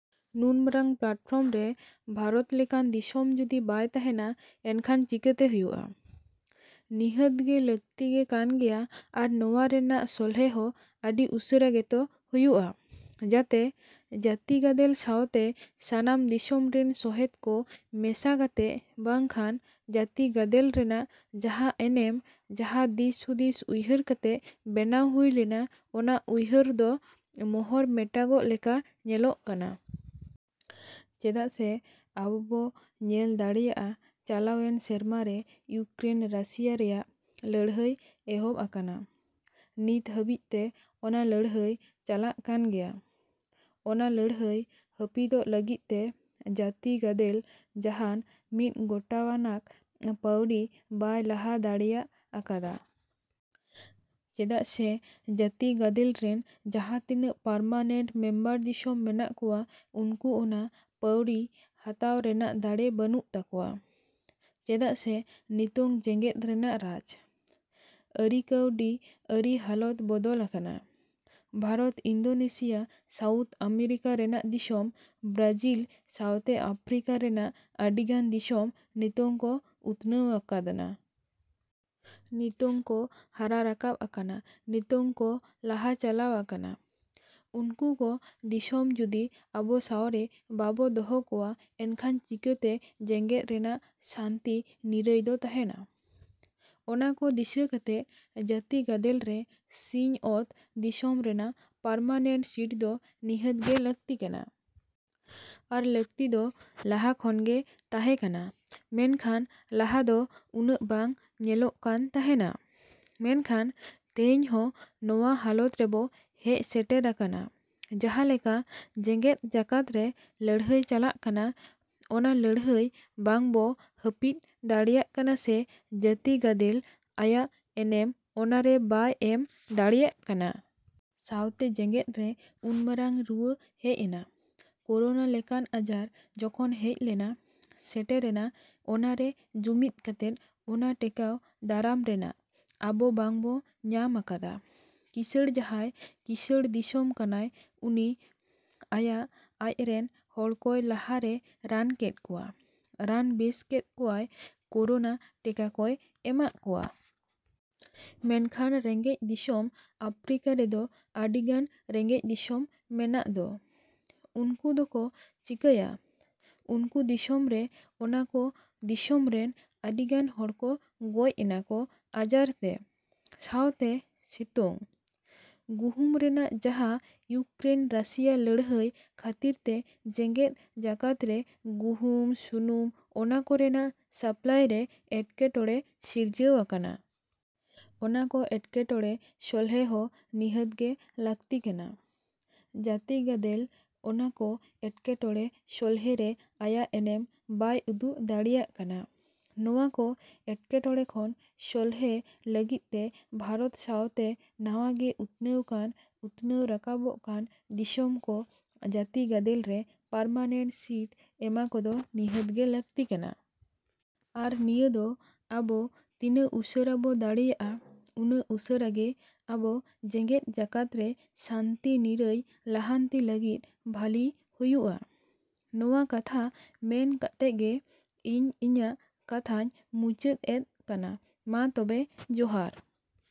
ᱱᱩᱱ ᱢᱟᱨᱟᱝ ᱯᱞᱟᱴᱯᱷᱚᱨᱢ ᱨᱮ ᱵᱷᱟᱨᱚᱛ ᱞᱮᱠᱟᱱ ᱫᱤᱥᱚᱢ ᱡᱩᱫᱤ ᱵᱟᱭ ᱛᱟᱦᱮᱱᱟ ᱮᱱᱠᱷᱟᱱ ᱪᱤᱠᱟᱹᱛᱮ ᱦᱩᱭᱩᱜᱼᱟ᱾ ᱱᱤᱦᱟᱹᱛ ᱜᱮ ᱞᱟᱹᱠᱛᱤ ᱜᱮ ᱠᱟᱱ ᱜᱮᱭᱟ ᱟᱨ ᱱᱚᱶᱟ ᱨᱮᱱᱟᱜ ᱥᱚᱞᱦᱮ ᱦᱚᱸ ᱟᱹᱰᱤ ᱩᱥᱟᱹᱨᱟ ᱜᱮ ᱛᱚ ᱦᱩᱭᱩᱜᱼᱟ᱾ ᱡᱟᱛᱮ ᱡᱟᱹᱛᱤ ᱜᱟᱫᱮᱞ ᱥᱟᱶᱛᱮ ᱥᱟᱱᱟᱢ ᱫᱤᱥᱚᱢ ᱨᱤᱱ ᱥᱚᱦᱮᱫ ᱠᱚ ᱢᱮᱥᱟ ᱠᱟᱛᱮ ᱵᱟᱝᱠᱷᱟᱱ ᱡᱟᱹᱛᱤ ᱜᱟᱫᱮᱞ ᱨᱮᱱᱟᱜ ᱡᱟᱦᱟᱸ ᱮᱱᱮᱢ ᱡᱟᱦᱟᱸ ᱫᱤᱥ ᱦᱩᱫᱤᱥ ᱩᱭᱦᱟᱹᱨ ᱠᱟᱛᱮ ᱵᱮᱱᱟᱣ ᱦᱩᱭ ᱞᱮᱱᱟ ᱚᱱᱟ ᱩᱭᱦᱟᱹᱨ ᱫᱚ ᱢᱚᱦᱚᱨ ᱢᱮᱴᱟᱜ ᱞᱮᱠᱟ ᱧᱮᱞᱚᱜ ᱠᱟᱱᱟ᱾ ᱪᱮᱫᱟᱜ ᱥᱮ ᱟᱵᱚ ᱵᱚ ᱧᱮᱞ ᱫᱟᱲᱮᱭᱟᱜᱼᱟ ᱪᱟᱞᱟᱣᱮᱱ ᱥᱮᱨᱢᱟ ᱨᱮ ᱤᱭᱩᱠᱨᱮᱱ ᱨᱟᱥᱤᱭᱟ ᱨᱮᱭᱟᱜ ᱞᱟᱹᱲᱦᱟᱹᱭ ᱮᱦᱚᱵ ᱟᱠᱟᱱᱟ᱾ ᱱᱤᱛ ᱦᱟᱹᱵᱤᱡ ᱛᱮ ᱚᱱᱟ ᱞᱟᱹᱲᱦᱟᱹᱭ ᱪᱟᱞᱟᱜ ᱠᱟᱱ ᱜᱮᱭᱟ᱾ ᱚᱱᱟ ᱞᱟᱹᱲᱦᱟᱹᱭ ᱦᱟᱯᱤᱫ ᱞᱟᱹᱜᱤᱫ ᱛᱮ ᱡᱟᱹᱛᱤ ᱜᱟᱫᱮᱞ ᱡᱟᱦᱟᱱ ᱢᱤᱫ ᱜᱚᱴᱟᱣᱟᱱᱟᱜ ᱯᱟᱹᱣᱲᱤ ᱵᱟᱭ ᱞᱟᱦᱟ ᱫᱟᱲᱮᱭᱟᱜ ᱟᱠᱟᱫᱟ᱾ ᱪᱮᱫᱟᱜ ᱥᱮ ᱡᱟᱹᱛᱤ ᱜᱟᱫᱮᱞ ᱨᱤᱱ ᱡᱟᱦᱟᱸ ᱛᱤᱱᱟᱹᱜ ᱯᱟᱨᱢᱟᱱᱮᱱᱴ ᱢᱮᱢᱵᱟᱨ ᱫᱤᱥᱚᱢ ᱢᱮᱱᱟᱜ ᱠᱚᱣᱟ ᱩᱱᱠᱩ ᱚᱱᱟ ᱯᱟᱹᱣᱲᱤ ᱦᱟᱛᱟᱣ ᱨᱮᱱᱟᱜ ᱫᱟᱲᱮ ᱵᱟᱹᱱᱩᱜ ᱛᱟᱠᱚᱣᱟ᱾ ᱪᱮᱫᱟᱜ ᱥᱮ ᱱᱤᱛᱚᱝ ᱡᱮᱜᱮᱫ ᱨᱮᱱᱟᱜ ᱨᱟᱡᱽ ᱟᱹᱨᱤ ᱠᱟᱹᱣᱰᱤ ᱟᱹᱨᱤ ᱦᱟᱞᱚᱛ ᱵᱚᱫᱚᱞ ᱟᱠᱟᱱᱟ᱾ ᱵᱷᱟᱨᱚᱛ ᱤᱱᱫᱳᱱᱮᱥᱤᱭᱟ ᱥᱟᱣᱩᱛᱷ ᱟᱢᱮᱨᱤᱠᱟ ᱨᱮᱱᱟᱜ ᱫᱤᱥᱚᱢ ᱵᱨᱟᱡᱤᱞ ᱥᱟᱶᱛᱮ ᱟᱯᱷᱨᱤᱠᱟ ᱨᱮᱱᱟᱜ ᱟᱹᱰᱤ ᱜᱟᱱ ᱫᱤᱥᱚᱢ ᱱᱤᱛᱚᱝ ᱠᱚ ᱩᱛᱱᱟᱹᱣ ᱟᱠᱟᱱᱟ᱾ ᱱᱤᱛᱚᱝ ᱠᱚ ᱦᱟᱨᱟ ᱨᱟᱠᱟᱵ ᱟᱠᱟᱱᱟ ᱱᱤᱛᱚᱝ ᱠᱚ ᱞᱟᱦᱟ ᱪᱟᱞᱟᱣ ᱟᱠᱟᱱᱟ᱾ ᱩᱱᱠᱩ ᱠᱚ ᱫᱤᱥᱚᱢ ᱡᱩᱫᱤ ᱟᱵᱚ ᱥᱟᱶ ᱨᱮ ᱵᱟᱵᱚ ᱫᱚᱦᱚ ᱠᱚᱣᱟ ᱮᱱᱠᱷᱟᱱ ᱪᱤᱠᱟᱹᱛᱮ ᱡᱮᱜᱮᱫ ᱨᱮᱱᱟᱜ ᱥᱟᱱᱛᱤ ᱱᱤᱨᱟᱹᱭ ᱫᱚ ᱛᱟᱦᱮᱱᱟ᱾ ᱚᱱᱟ ᱠᱚ ᱫᱤᱥᱟᱹ ᱠᱟᱛᱮ ᱡᱟᱹᱛᱤ ᱜᱟᱫᱮᱞ ᱨᱮ ᱥᱤᱧ ᱚᱛ ᱫᱤᱥᱚᱢ ᱨᱮᱱᱟᱜ ᱯᱟᱨᱢᱟᱱᱮᱱᱴ ᱥᱤᱴ ᱫᱚ ᱱᱤᱦᱟᱹᱛ ᱜᱮ ᱞᱟᱹᱠᱛᱤ ᱠᱟᱱᱟ᱾ ᱟᱨ ᱞᱟᱠᱛᱤ ᱫᱚ ᱞᱟᱦᱟ ᱠᱷᱚᱱ ᱜᱮ ᱛᱟᱦᱮᱸ ᱠᱟᱱᱟ᱾ ᱢᱮᱱᱠᱷᱟᱱ ᱞᱟᱦᱟ ᱫᱚ ᱩᱱᱟᱹᱜ ᱵᱟᱝ ᱧᱮᱞᱚᱜ ᱠᱟᱱ ᱛᱟᱦᱮᱱᱟ᱾ ᱢᱮᱱᱠᱷᱟᱱ ᱛᱮᱦᱮᱧ ᱦᱚᱸ ᱱᱚᱶᱟ ᱦᱟᱞᱚᱛ ᱨᱮᱵᱚ ᱦᱮᱡ ᱥᱮᱴᱮᱨ ᱟᱠᱟᱱᱟ ᱡᱟᱦᱟᱸ ᱞᱮᱠᱟ ᱡᱮᱜᱮᱫ ᱡᱟᱠᱟᱛ ᱨᱮ ᱞᱟᱹᱲᱦᱟᱹᱭ ᱪᱟᱞᱟᱜ ᱠᱟᱱᱟ ᱚᱱᱟ ᱞᱟᱹᱲᱦᱟᱹᱭ ᱵᱟᱝ ᱵᱚ ᱦᱟᱯᱤᱫ ᱫᱟᱲᱮᱭᱟᱜ ᱠᱟᱱᱟ ᱥᱮ ᱡᱟᱹᱛᱤ ᱜᱟᱫᱮᱞ ᱟᱭᱟᱜ ᱮᱱᱮᱢ ᱚᱱᱟ ᱨᱮ ᱵᱟᱭ ᱮᱢ ᱫᱟᱲᱮᱭᱟᱜ ᱠᱟᱱᱟ᱾ ᱥᱟᱶᱛᱮ ᱡᱮᱜᱮᱫ ᱨᱮ ᱩᱱ ᱢᱟᱨᱟᱝ ᱨᱩᱣᱟᱹ ᱦᱮᱡ ᱮᱱᱟ ᱠᱳᱨᱳᱱᱟ ᱞᱮᱠᱟᱱ ᱟᱡᱟᱨ ᱡᱚᱠᱷᱚᱱ ᱦᱮᱡ ᱞᱮᱱᱟ ᱥᱮᱴᱮᱨᱮᱱᱟ ᱚᱱᱟ ᱨᱮ ᱡᱩᱢᱤᱫ ᱠᱟᱛᱮ ᱚᱱᱟ ᱴᱮᱠᱟᱣ ᱫᱟᱨᱟᱢ ᱨᱮᱱᱟᱜ ᱫᱟᱲᱮ ᱟᱵᱚ ᱵᱟᱝ ᱵᱚ ᱧᱟᱢ ᱟᱠᱟᱫᱟ᱾ ᱠᱤᱥᱟᱹᱬ ᱡᱟᱦᱟᱸᱭ ᱠᱤᱥᱟᱹᱬ ᱫᱤᱥᱚᱢ ᱠᱟᱱᱟᱭ ᱩᱱᱤ ᱟᱭᱟᱜ ᱟᱡ ᱨᱤᱱ ᱦᱚᱲ ᱠᱚᱭ ᱞᱟᱦᱟ ᱨᱮᱭ ᱨᱟᱱ ᱠᱮᱫ ᱠᱚᱣᱟ ᱨᱟᱱ ᱵᱮᱥ ᱠᱮᱫ ᱠᱚᱣᱟᱭ ᱠᱳᱨᱳᱱᱟ ᱴᱤᱠᱟ ᱠᱚᱭ ᱮᱢᱟᱜ ᱠᱚᱣᱟᱭ᱾ ᱢᱮᱱᱠᱷᱟᱱ ᱨᱮᱸᱜᱮᱡ ᱫᱤᱥᱚᱢ ᱟᱯᱷᱨᱤᱠᱟ ᱨᱮᱫᱚ ᱟᱹᱰᱤ ᱜᱟᱱ ᱨᱮᱸᱜᱮᱡ ᱫᱤᱥᱚᱢ ᱢᱮᱱᱟᱜ ᱫᱚ ᱩᱱᱠᱩ ᱫᱚᱠᱚ ᱪᱮᱠᱟᱭᱟ ᱩᱱᱠᱩ ᱫᱤᱥᱚᱢ ᱨᱮ ᱚᱱᱟ ᱠᱚ ᱫᱤᱥᱚᱢ ᱨᱤᱱ ᱟᱹᱰᱤ ᱜᱟᱱ ᱦᱚᱲ ᱠᱚ ᱜᱚᱡ ᱮᱱᱟ ᱠᱚ ᱟᱡᱟᱨ ᱛᱮ᱾ ᱥᱟᱶᱛᱮ ᱱᱤᱛᱚᱝ ᱜᱩᱦᱩᱢ ᱨᱮᱱᱟᱜ ᱡᱟᱦᱟᱸ ᱤᱭᱩᱠᱨᱮᱱ ᱨᱟᱥᱤᱭᱟ ᱞᱟᱹᱲᱦᱟᱹᱭ ᱠᱷᱟᱹᱛᱤᱨ ᱛᱮ ᱡᱮᱜᱮᱫ ᱡᱟᱠᱟᱛ ᱨᱮ ᱜᱩᱦᱩᱢ ᱥᱩᱱᱩᱢ ᱚᱱᱟ ᱠᱚ ᱨᱮᱱᱟᱜ ᱥᱟᱯᱞᱟᱭ ᱨᱮ ᱮᱴᱠᱮᱴᱚᱬᱮ ᱥᱤᱨᱡᱟᱹᱣ ᱟᱠᱟᱱᱟ᱾ ᱚᱱᱟ ᱠᱚ ᱮᱴᱠᱮᱴᱚᱬᱮ ᱥᱚᱞᱦᱮ ᱦᱚᱸ ᱱᱤᱦᱟᱹᱛ ᱜᱮ ᱞᱟᱠᱛᱤ ᱠᱟᱱᱟ᱾ ᱡᱟᱹᱛᱤ ᱜᱟᱫᱮᱞ ᱚᱱᱟ ᱠᱚ ᱮᱴᱠᱮᱴᱚᱬᱮ ᱥᱚᱞᱦᱮ ᱨᱮ ᱟᱭᱟᱜ ᱮᱱᱮᱢ ᱵᱟᱭ ᱩᱫᱩᱜ ᱫᱟᱲᱮᱭᱟᱜ ᱠᱟᱱᱟ᱾ ᱱᱚᱶᱟ ᱠᱚ ᱮᱴᱠᱮᱴᱚᱬᱮ ᱠᱷᱚᱱ ᱥᱚᱞᱦᱮ ᱞᱟᱹᱜᱤᱫ ᱛᱮ ᱵᱷᱟᱨᱚᱛ ᱥᱟᱶᱛᱮ ᱱᱟᱶᱟ ᱜᱮ ᱩᱛᱱᱟᱹᱣᱚᱜ ᱠᱟᱱ ᱩᱛᱱᱟᱹᱣ ᱨᱟᱠᱟᱵᱚᱜ ᱠᱟᱱ ᱫᱤᱥᱚᱢ ᱠᱚ ᱡᱟᱹᱛᱤ ᱜᱟᱫᱮᱞ ᱨᱮ ᱯᱟᱨᱢᱟᱱᱮᱱᱴ ᱥᱤᱴ ᱮᱢᱟ ᱠᱚᱫᱚ ᱱᱤᱦᱟᱹᱛ ᱜᱮ ᱞᱟᱹᱠᱛᱤ ᱠᱟᱱᱟ᱾ ᱟᱨ ᱱᱤᱭᱟᱹ ᱫᱚ ᱟᱵᱚ ᱛᱤᱱᱟᱹᱜ ᱩᱥᱟᱹᱨᱟ ᱵᱚ ᱫᱟᱲᱮᱭᱟᱜᱼᱟ ᱩᱱᱟᱹᱜ ᱩᱥᱟᱹᱨᱟ ᱜᱮ ᱟᱵᱚ ᱡᱮᱜᱮᱫ ᱡᱟᱠᱟᱛ ᱨᱮ ᱥᱟᱱᱛᱤ ᱱᱤᱨᱟᱹᱭ ᱞᱟᱦᱟᱱᱛᱤ ᱞᱟᱹᱜᱤᱫ ᱵᱷᱟᱹᱞᱟᱹᱭ ᱦᱩᱭᱩᱜᱼᱟ᱾ ᱱᱚᱶᱟ ᱠᱟᱛᱷᱟ ᱢᱮᱱ ᱠᱟᱛᱮ ᱜᱮ ᱤᱧ ᱤᱧᱟᱹᱜ ᱠᱟᱛᱷᱟᱧ ᱢᱩᱪᱟᱹᱫ ᱮᱫ ᱠᱟᱱᱟ ᱢᱟ ᱛᱚᱵᱮ ᱡᱚᱦᱟᱨ᱾।